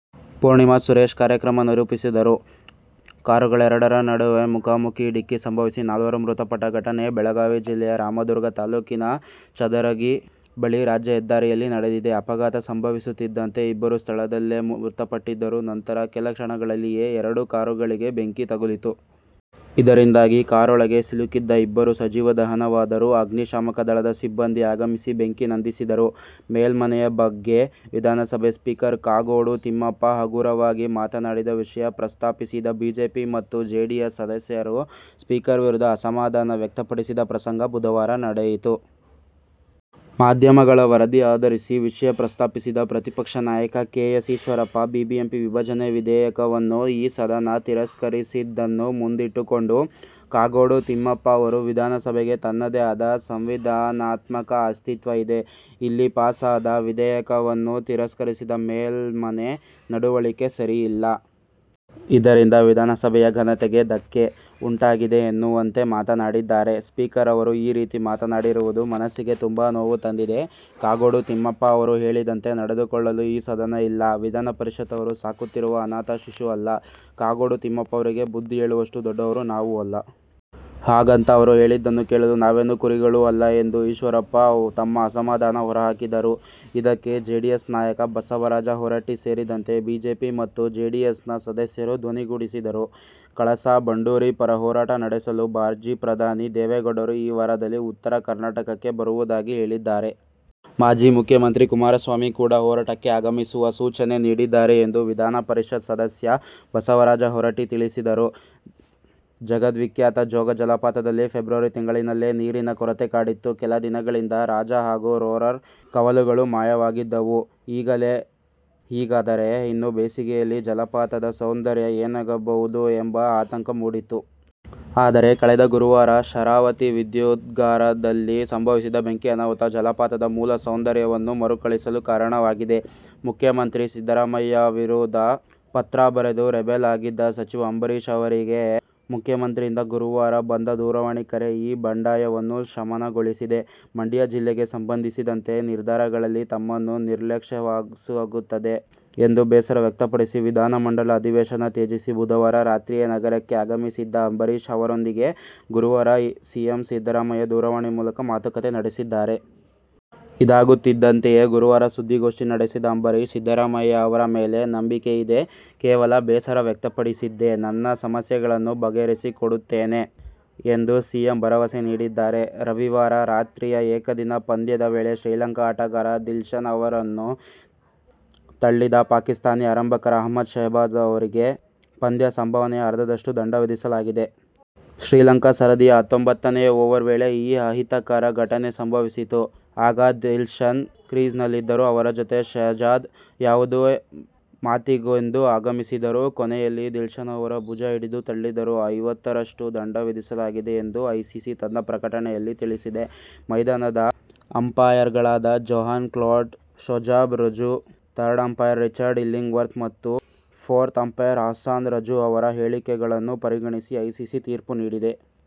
ಪೂರ್ಣಿಮಾ ಸುರೇಶ್ ಕಾರ್ಯಕ್ರಮ ನಿರೂಪಿಸಿದರು. ಕಾರುಗಳೆರಡರ ನಡುವೆ ಮುಖಾಮುಖೀ ಡಿಕ್ಕಿ ಸಂಭವಿಸಿ ನಾಲ್ವರು ಮೃತಪಟ್ಟ ಘಟನೆ ಬೆಳಗಾವಿ ಜಿಲ್ಲೆಯ ರಾಮದುರ್ಗ ತಾಲೂಕಿನ ಚಂದರಗಿ ಬಳಿ ರಾಜ್ಯ ಹೆದ್ದಾರಿಯಲ್ಲಿ ನಡೆದಿದೆ. ಅಪಘಾತ ಸಂಭವಿಸುತ್ತಿದ್ದಂತೆ ಇಬ್ಬರು ಸ್ಥಳದಲ್ಲೇ ಮೃತಪಟ್ಟಿದ್ದರು. ನಂತರ ಕೆಲ ಕ್ಷಣಗಳಲ್ಲಿಯೇ ಎರಡು ಕಾರುಗಳಿಗೆ ಬೆಂಕಿ ತಗುಲಿತು. ಇದರಿಂದಾಗಿ ಕಾರೊಳಗೆ ಸಿಲುಕಿದ್ದ ಇಬ್ಬರು ಸಜೀವ ದಹನವಾದರು. ಅಗ್ನಿ ಶಾಮಕ ದಳದ ಸಿಬ್ಬಂದಿ ಆಗಮಿಸಿ ಬೆಂಕಿ ನಂದಿಸಿದರು. ಮೇಲ್ಮನೆಯ ಬಗ್ಗೆ ವಿಧಾನಸಭೆ ಸ್ಪೀಕರ್ ಕಾಗೋಡು ತಿಮ್ಮಪ್ಪ "ಹಗುರ'ವಾಗಿ ಮಾತನಾಡಿದ ವಿಷಯ ಪ್ರಸ್ತಾಪಿಸಿದ ಬಿಜೆಪಿ ಮತ್ತು ಜೆಡಿಎಸ್ ಸದಸ್ಯರು ಸ್ಪೀಕರ್ ವಿರುದ್ಧ ಅಸಮಾಧಾನ ವ್ಯಕ್ತಪಡಿಸಿದ ಪ್ರಸಂಗ ಬುಧವಾರ ನಡೆಯಿತು. ಮಾಧ್ಯಮಗಳ ವರದಿ ಆಧರಿಸಿ ವಿಷಯ ಪ್ರಸ್ತಾಪಿಸಿದ ಪ್ರತಿಪಕ್ಷ ನಾಯಕ ಕೆ. ಎಸ್. ಈಶ್ವರಪ್ಪ, ಬಿಬಿಎಂಪಿ ವಿಭಜನೆ ವಿಧೇಯಕವನ್ನು ಈ ಸದನ ತಿರಸ್ಕರಿಸಿದ್ದನ್ನು ಮುಂದಿಟ್ಟುಕೊಂಡು ಕಾಗೋಡು ತಿಮ್ಮಪ್ಪ ಅವರು "ವಿಧಾನಸಭೆಗೆ ತನ್ನದೇ ಆದ ಸಂವಿಧಾನಾತ್ಮಕ ಅಸ್ತಿತ್ವ ಇದೆ. ಇಲ್ಲಿ ಪಾಸಾದ ವಿಧೇಯಕವನ್ನು ತಿರಸ್ಕರಿಸಿದ ಮೇಲ್ಮನೆ ನಡವಳಿಕೆ ಸರಿಯಲ್ಲ. ಇದರಿಂದ ವಿಧಾನಸಭೆಯ ಘನತೆಗೆ ಧಕ್ಕೆ ಉಂಟಾಗಿದೆ' ಎನ್ನುವಂತೆ ಮಾತನಾಡಿದ್ದಾರೆ. ಸ್ಪೀಕರ್ ಅವರು ಈ ರೀತಿ ಮಾತನಾಡಿರುವುದು ಮನಸ್ಸಿಗೆ ತುಂಬಾ ನೋವು ತಂದಿದೆ. ಕಾಗೋಡು ತಿಮ್ಮಪ್ಪ ಅವರು ಹೇಳಿದಂತೆ ನಡೆದುಕೊಳ್ಳಲು ಈ ಸದನ ಇಲ್ಲ. ವಿಧಾನಪರಿಷತ್ ಅವರು ಸಾಕುತ್ತಿರುವ ಅನಾಥ ಶಿಶು ಅಲ್ಲ. ಕಾಗೋಡು ತಿಮ್ಮಪ್ಪ ಅವರಿಗೆ ಬುದ್ಧಿ ಹೇಳುವಷ್ಟು ದೊಡ್ಡವರು ನಾವು ಅಲ್ಲ. ಹಾಗಂತ ಅವರು ಹೇಳಿದ್ದನ್ನು ಕೇಳಲು ನಾವೇನು "ಕುರಿಗಳೂ' ಅಲ್ಲ ಎಂದು ಈಶ್ವರಪ್ಪ ತಮ್ಮ ಅಸಮಧಾನ ಹೊರಹಾಕಿದರು. ಇದಕ್ಕೆ ಜೆಡಿಎಸ್ ನಾಯಕ ಬಸವರಾಜ ಹೊರಟ್ಟಿ ಸೇರಿದಂತೆ ಬಿಜೆಪಿ ಮತ್ತು ಜೆಡಿಎಸ್ನ ಸದಸ್ಯರು ಧ್ವನಿಗೂಡಿಸಿದರು. ಕಳಸಾ-ಬಂಡೂರಿ ಪರ ಹೋರಾಟ ನಡೆಸಲು ಮಾಜಿ ಪ್ರಧಾನಿ ದೇವೇಗೌಡರು ಈ ವಾರದಲ್ಲಿ ಉತ್ತರ ಕರ್ನಾಟಕಕ್ಕೆ ಬರುವುದಾಗಿ ಹೇಳಿದ್ದಾರೆ. ಮಾಜಿ ಮುಖ್ಯಮಂತ್ರಿ ಕುಮಾರಸ್ವಾಮಿ ಕೂಡ ಹೋರಾಟಕ್ಕೆ ಆಗಮಿಸುವ ಸೂಚನೆ ನೀಡಿದ್ದಾರೆ ಎಂದು ವಿಧಾನ ಪರಿಷತ್ ಸದಸ್ಯ ಬಸವರಾಜ ಹೊರಟ್ಟಿ ತಿಳಿಸಿದರು. ಜಗದ್ವಿಖ್ಯಾತ ಜೋಗ ಜಲಪಾತದಲ್ಲಿ ಫೆಬ್ರವರಿ ತಿಂಗಳಿನಲ್ಲಿಯೇ ನೀರಿನ ಕೊರತೆ ಕಾಡಿತ್ತು. ಕೆಲ ದಿನಗಳಿಂದ ರಾಜ ಹಾಗೂ ರೋರರ್ ಕವಲುಗಳು ಮಾಯವಾಗಿದ್ದವು. ಈಗಲೇ ಹೀಗಾದರೆ ಇನ್ನು ಬೇಸಿಗೆಯಲ್ಲಿ ಜಲಪಾತದ ಸೌಂದರ್ಯ ಏನಾಗಬಹುದು ಎಂಬ ಆತಂಕ ಮೂಡಿತ್ತು. ಆದರೆ, ಕಳೆದ ಗುರುವಾರ ಶರಾವತಿ ವಿದ್ಯುದಾಗಾರದಲ್ಲಿ ಸಂಭವಿಸಿದ ಬೆಂಕಿ ಅನಾಹುತ, ಜಲಪಾತದ ಮೂಲ ಸೌಂದರ್ಯವನ್ನು ಮರುಕಳಿಸಲು ಕಾರಣವಾಗಿದೆ. ಮುಖ್ಯಮಂತ್ರಿ ಸಿದ್ದರಾಮಯ್ಯ ವಿರುದ ಪತ್ರ ಬರೆದು ರೆಬೆಲ್ ಆಗಿದ್ದ ಸಚಿವ ಅಂಬರೀಶ್ ಅವರಿಗೆ ಮುಖ್ಯಮಂತ್ರಿಯಿಂದ ಗುರುವಾರ ಬಂದ ದೂರವಾಣಿ ಕರೆ ಈ ಬಂಡಾಯವನ್ನು ಶಮನಗೊಳಿಸಿದೆ. ಮಂಡ್ಯ ಜಿಲ್ಲೆಗೆ ಸಂಬಂಧಿಸಿದ ನಿರ್ಧಾರಗಳಲ್ಲಿ ತಮ್ಮನ್ನು ನಿರ್ಲಕ್ಷಿಸಲಾಗುತ್ತಿದೆ ಎಂದು ಬೇಸರ ವ್ಯಕ್ತಪಡಿಸಿ ವಿದಾನಮಂಡಲ ಅಧಿವೇಶನ ತ್ಯಜಿಸಿ ಬುಧವಾರ ರಾತ್ರಿಯೇ ನಗರಕ್ಕೆ ಆಗಮಿಸಿದ್ದ ಅಂಬರೀಶ್ ಅವರೊಂದಿಗೆ ಗುರುವಾರ ಸಿಎಂ ಸಿದ್ದರಾಮಯ್ಯ ದೂರವಾಣಿ ಮೂಲಕ ಮಾತುಕತೆ ನಡೆಸಿದ್ದಾರೆ. ಇದಾಗುತ್ತಿದ್ದಂತೆಯೇ ಗುರುವಾರ ಸುದ್ದಿಗೋಷ್ಠಿ ನಡೆಸಿದ ಅಂಬರೀಶ್, ಸಿದ್ದರಾಮಯ್ಯ ಅವರ ಮೇಲೆ ನಂಬಿಕೆಯಿದೆ. ಕೇವಲ ಬೇಸರ ವ್ಯಕ್ತಪಡಿಸಿದ್ದೆ. ನನ್ನ ಸಮಸ್ಯೆಗಳನ್ನು ಬಗೆಹರಿಸಿಕೊಡುತ್ತೇನೆ ಎಂದು ಸಿಎಂ ಭರವಸೆ ನೀಡಿದ್ದಾರೆ. ರವಿವಾರ ರಾತ್ರಿಯ ಏಕದಿನ ಪಂದ್ಯದ ವೇಳೆ ಶ್ರೀಲಂಕಾ ಆಟಗಾರ ದಿಲ್ಶನ್ ಅವರನ್ನು ತಳ್ಳಿದ ಪಾಕಿಸ್ಥಾನಿ ಆರಂಭಕಾರ ಅಹ್ಮದ್ ಶೆಹಜಾದ್ ಅವರಿಗೆ ಪಂದ್ಯ ಸಂಭಾವನೆಯ ಅರ್ಧದಷ್ಟು ದಂಡ ವಿಧಿಸಲಾಗಿದೆ. ಶ್ರೀಲಂಕಾ ಸರದಿಯ ಹತ್ತೊಂಭತ್ತನೇ ಓವರ್ ವೇಳೆ ಈ ಅಹಿತಕರ ಘಟನೆ ಸಂಭವಿಸಿತು. ಆಗ ದಿಲ್ಶನ್ ಕ್ರೀಸ್ನಲ್ಲಿದ್ದರು. ಅವರ ಜತೆ ಶೆಹಜಾದ್ ಯಾವುದೋ ಮಾತಿಗೆಂದು ಆಗಮಿಸಿದರು. ಕೊನೆಯಲ್ಲಿ ದಿಲ್ಶನ್ ಅವರ ಭುಜ ಹಿಡಿದು ತಳ್ಳಿದರು. ಐವತ್ತರಷ್ಟು ದಂಡ ವಿಧಿಸಲಾಗಿದೆ ಎಂದು ಐಸಿಸಿ ತನ್ನ ಪ್ರಕಟನೆಯಲ್ಲಿ ತಿಳಿಸಿದೆ. ಮೈದಾನದ ಅಂಪಾಯರ್ಗಳಾದ Johan Cloete, Shozab Raza, third umpire Richard Illingworth ಮತ್ತು ಫೋರ್ತ್ ಅಂಪಾಯರ್ ಅಹ್ಸಾನ್ ರಝ ಅವರ ಹೇಳಿಕೆಗಳನ್ನು ಪರಿಗಣಿಸಿ ಐಸಿಸಿ ತೀರ್ಪು ನೀಡಿದೆ.